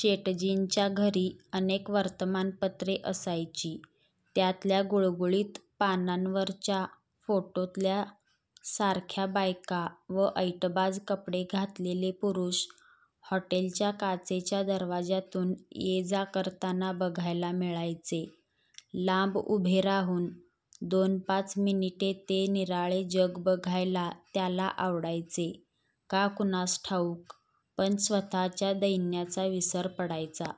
शेटजींच्या घरी अनेक वर्तमानपत्रे असायची त्यातल्या गुळगुळीत पानांवरच्या फोटोतल्यासारख्या बायका व ऐटबाज कपडे घातलेले पुरुष हॉटेलच्या काचेच्या दरवाजातून ये जा करताना बघायला मिळायचे. लांब उभे राहून दोनपाच मिनिटे ते निराळे जग बघायला त्याला आवडायचे, का कुणास ठाऊक पण स्वतःच्या दैन्याचा विसर पडायचा.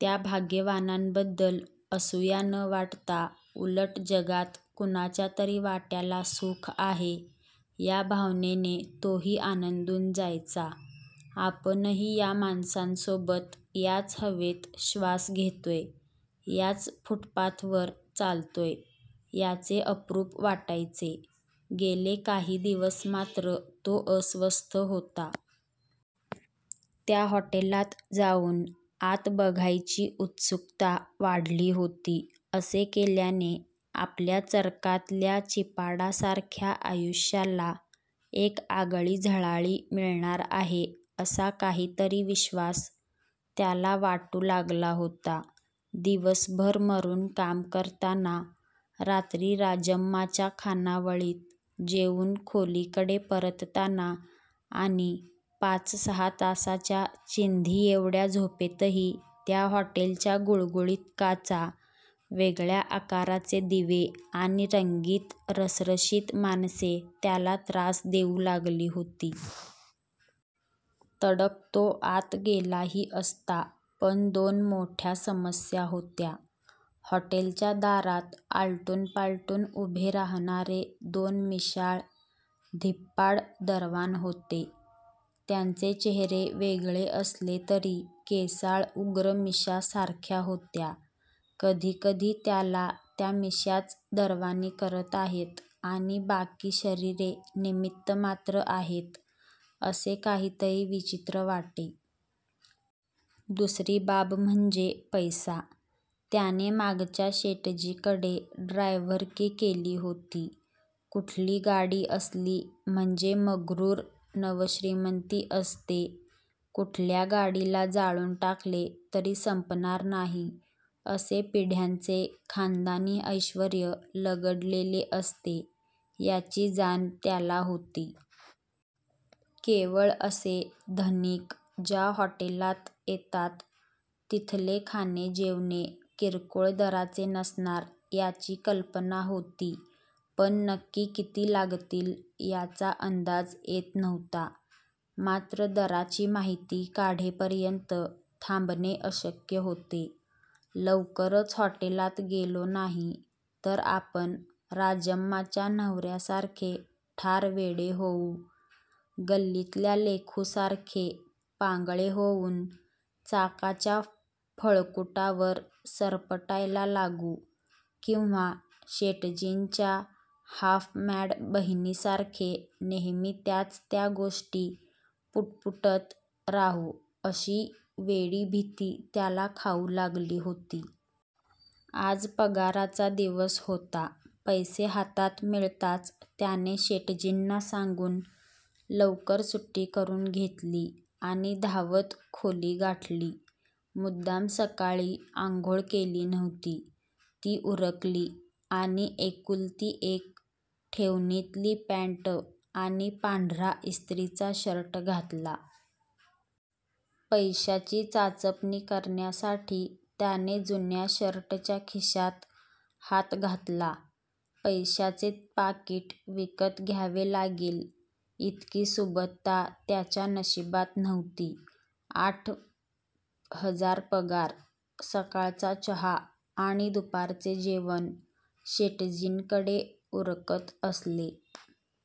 त्या भाग्यवानांबद्दल असूया न वाटता उलट जगात कुणाच्या तरी वाट्याला सुख आहे या भावनेने तोही आनंदून जायचा. आपणही या माणसांसोबत याच हवेत श्वास घेतोय, याच फूटपाथवर चालतोय याचे अप्रूप वाटायचे. गेले काही दिवस मात्र तो अस्वस्थ होता. त्या हॉटेलात जाऊन आत बघायची उत्सुकता वाढली होती. असे केल्याने आपल्या चरकातल्या चिपाडासारख्या आयुष्याला एक आगळी झळाळी मिळणार आहे, असा काहीतरी विश्वास त्याला वाटू लागला होता. दिवसभर मरून काम करताना, रात्री राजम्माच्या खानावळीत जेवून खोलीकडे परतताना आणि पाच सहा तासाच्या चिंधीएवढ्या झोपेतही त्या हॉटेलच्या गुळगुळीत काचा, वेगळ्या आकाराचे दिवे आणि रंगीत रसरशीत माणसे त्याला त्रास देऊ लागली होती. तडक तो आत गेलाही असता पण दोन मोठ्या समस्या होत्या. हॉटेलच्या दारात आलटून पालटून उभे राहणारे दोन मिशाळ, धिप्पाड दरवान होते. त्यांचे चेहरे वेगळे असले तरी केसाळ उग्र मिशा सारख्या होत्या. कधीकधी त्याला त्या मिशाच दरवानी करत आहेत आणि बाकी शरीरे निमित्तमात्र आहेत असे काहीतरी विचित्र वाटे. दुसरी बाब म्हणजे पैसा. त्याने मागच्या शेटजीकडे ड्रायव्हरकी केली होती. कुठली गाडी असली म्हणजे मग्रूर नवश्रीमंती असते, कुठल्या गाडीला जाळून टाकले तरी संपणार नाही असे पिढ्यांचे खानदानी ऐश्वर्य लगडलेले असते याची जाण त्याला होती. केवळ असे धनिक ज्या हॉटेलात येतात तिथले खाणे जेवणे किरकोळ दराचे नसणार याची कल्पना होती पण नक्की किती लागतील याचा अंदाज येत नव्हता. मात्र दराची माहीती काढेपर्यंत थांबणे अशक्य होते. लवकरच हॉटेलात गेलो नाही तर आपण राजम्माच्या नवऱ्यासारखे ठार वेडे होऊ, गल्लीतल्या लेखूसारखे पांगळे होऊन चाकाच्या फळकुटावर सरपटायला लागू किंवा शेटजींच्या हाफ मॅड बहिणीसारखे नेहमी त्याच त्या गोष्टी पुटपुटत राहू अशी वेडी भीती त्याला खाऊ लागली होती. आज पगाराचा दिवस होता. पैसे हातात मिळताच त्याने शेटजींना सांगून लवकर सुट्टी करून घेतली आणि धावत खोली गाठली. मुद्दाम सकाळी आंघोळ केली नव्हती, ती उरकली आणि एकुलती एक ठेवणीतली पँट आणि पांढरा इस्त्रीचा शर्ट घातला. पैशाची चाचपणी करण्यासाठी त्याने जुन्या शर्टच्या खिशात हात घातला. पैशाचे पाकीट विकत घ्यावे लागेल इतकी सुबत्ता त्याच्या नशिबात नव्हती. आठ हजार पगार. सकाळचा चहा आणि दुपारचे जेवण शेटजींकडे उरकत असले